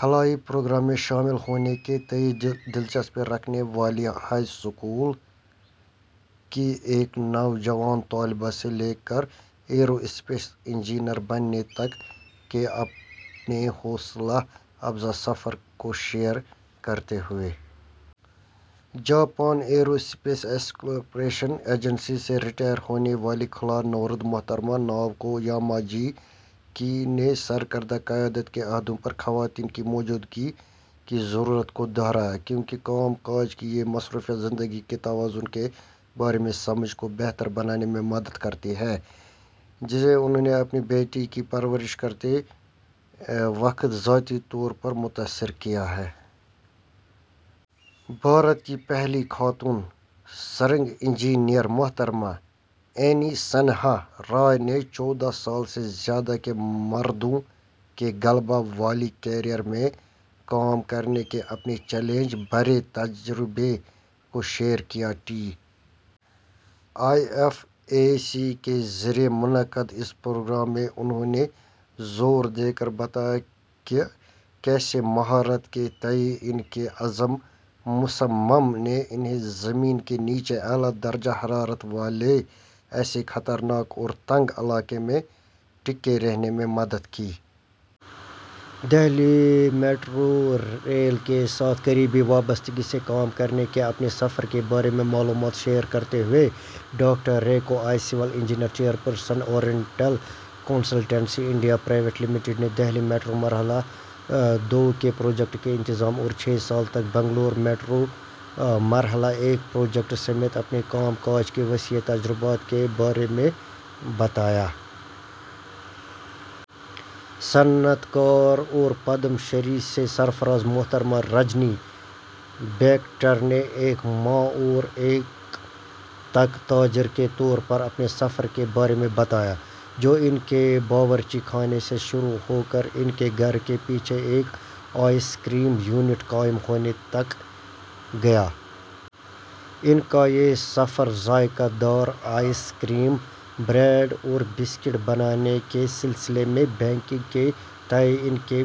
خلائی پروگرام میں شامل ہونے کے تئیں دلچسپی رکھنے والی ہائی اسکول کی ایک نوجوان طالبہ سے لے کر ایرو اسپیس انجینئر بننے تک کے اپنے حوصلہ افزا سفر کو شیئر کرتے ہوئے Japan aerospace exploration agency سے ریٹائر ہونے والی خلا نورد محترمہ ناؤکو یاماجاکی نے سرکردہ قیادت کے عہدوں پر خواتین کی موجودگی کی ضرورت کو دہرایا، کیونکہ کام کاج کی یہ مصروفیت زندگی کے توازن کے بارے میں سمجھ کو بہتر بنانے میں مدد کرتی ہے، جسے انہوں نے اپنی بیٹی کی پرورش کرتے وقت ذاتی طور پر محسوس کیا۔ بھارت کی پہلی خاتون سرنگ انجینئر محترمہ اینی سنہا رائے نے چودہ سال سے زیادہ کے مردوں کے غلبہ والے کیریئر میں کام کرنے کے اپنے چیلنج بھرے تجربے کو شیئر کیا۔ T I F A C کے ذریعے منعقد اس پروگرام میں انہوں نے زور دے کر بتایا کہ کیسے مہارت کے تئیں ان کے عزم مصمم نے انہیں زمین کے نیچے اعلیٰ درجہ حرارت والے ایسے خطرناک اور تنگ علاقے میں ٹکے رہنے میں مدد کی۔ دہلی میٹرو ریل کے ساتھ قریبی وابستگی سے کام کرنے کے اپنے سفر کے بارے میں معلومات شیئر کرتے ہوئے doctor Riko Abe, civil engineer, chairperson, oriental consultants India private limited نے دہلی میٹرو مرحلہ دو کے پروجیکٹ کے انتظام اور چھ سال تک بنگلور میٹرو مرحلہ ایک پروجیکٹ سمیت اپنے کام کاج کے وسیع تجربات کے بارے میں بتایا۔ صنعت کار اور پدم شری سے سرفراز محترمہ رجنی بیکٹر نے ایک ماں اور ایک تاجر کے طور پر اپنے سفر کے بارے میں بتایا، جو ان کے باورچی خانے سے شروع ہو کر ان کے گھر کے پیچھے ایک آئس کریم یونٹ قائم ہونے تک گیا۔ ان کا یہ سفر ذائقہ دار آئس کریم، بریڈ اور بسکٹ بنانے کے سلسلے میں بیکنگ کے تئیں ان کے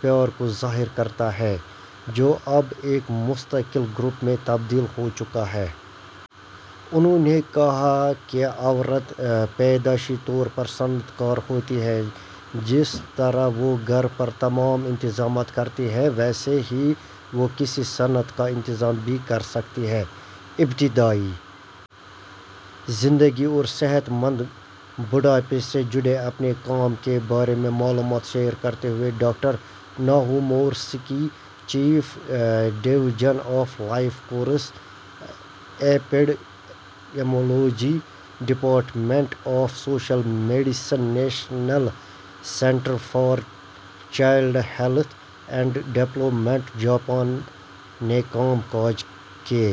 پیار کو ظاہر کرتا ہے، جو اب ایک مستقل گروپ میں تبدیل ہو چکا ہے۔ انہوں نے کہا کہ عورت پیدائشی طور پر صنعت کار ہوتی ہے۔ جس طرح وہ گھر پر تمام انتظامات کرتی ہیں، ویسے ہی وہ کسی صنعت کا انتظام بھی کر سکتی ہیں۔ ابتدائی زندگی اور صحت مند بڑھاپے سے جڑے اپنے کام کے بارے میں معلومات شیئر کرتے ہوئے doctor Naho Morisaki, chief, division of life course epidemiology, department of social medicine, national centre for child health and development, Japan نے کام کاج کے...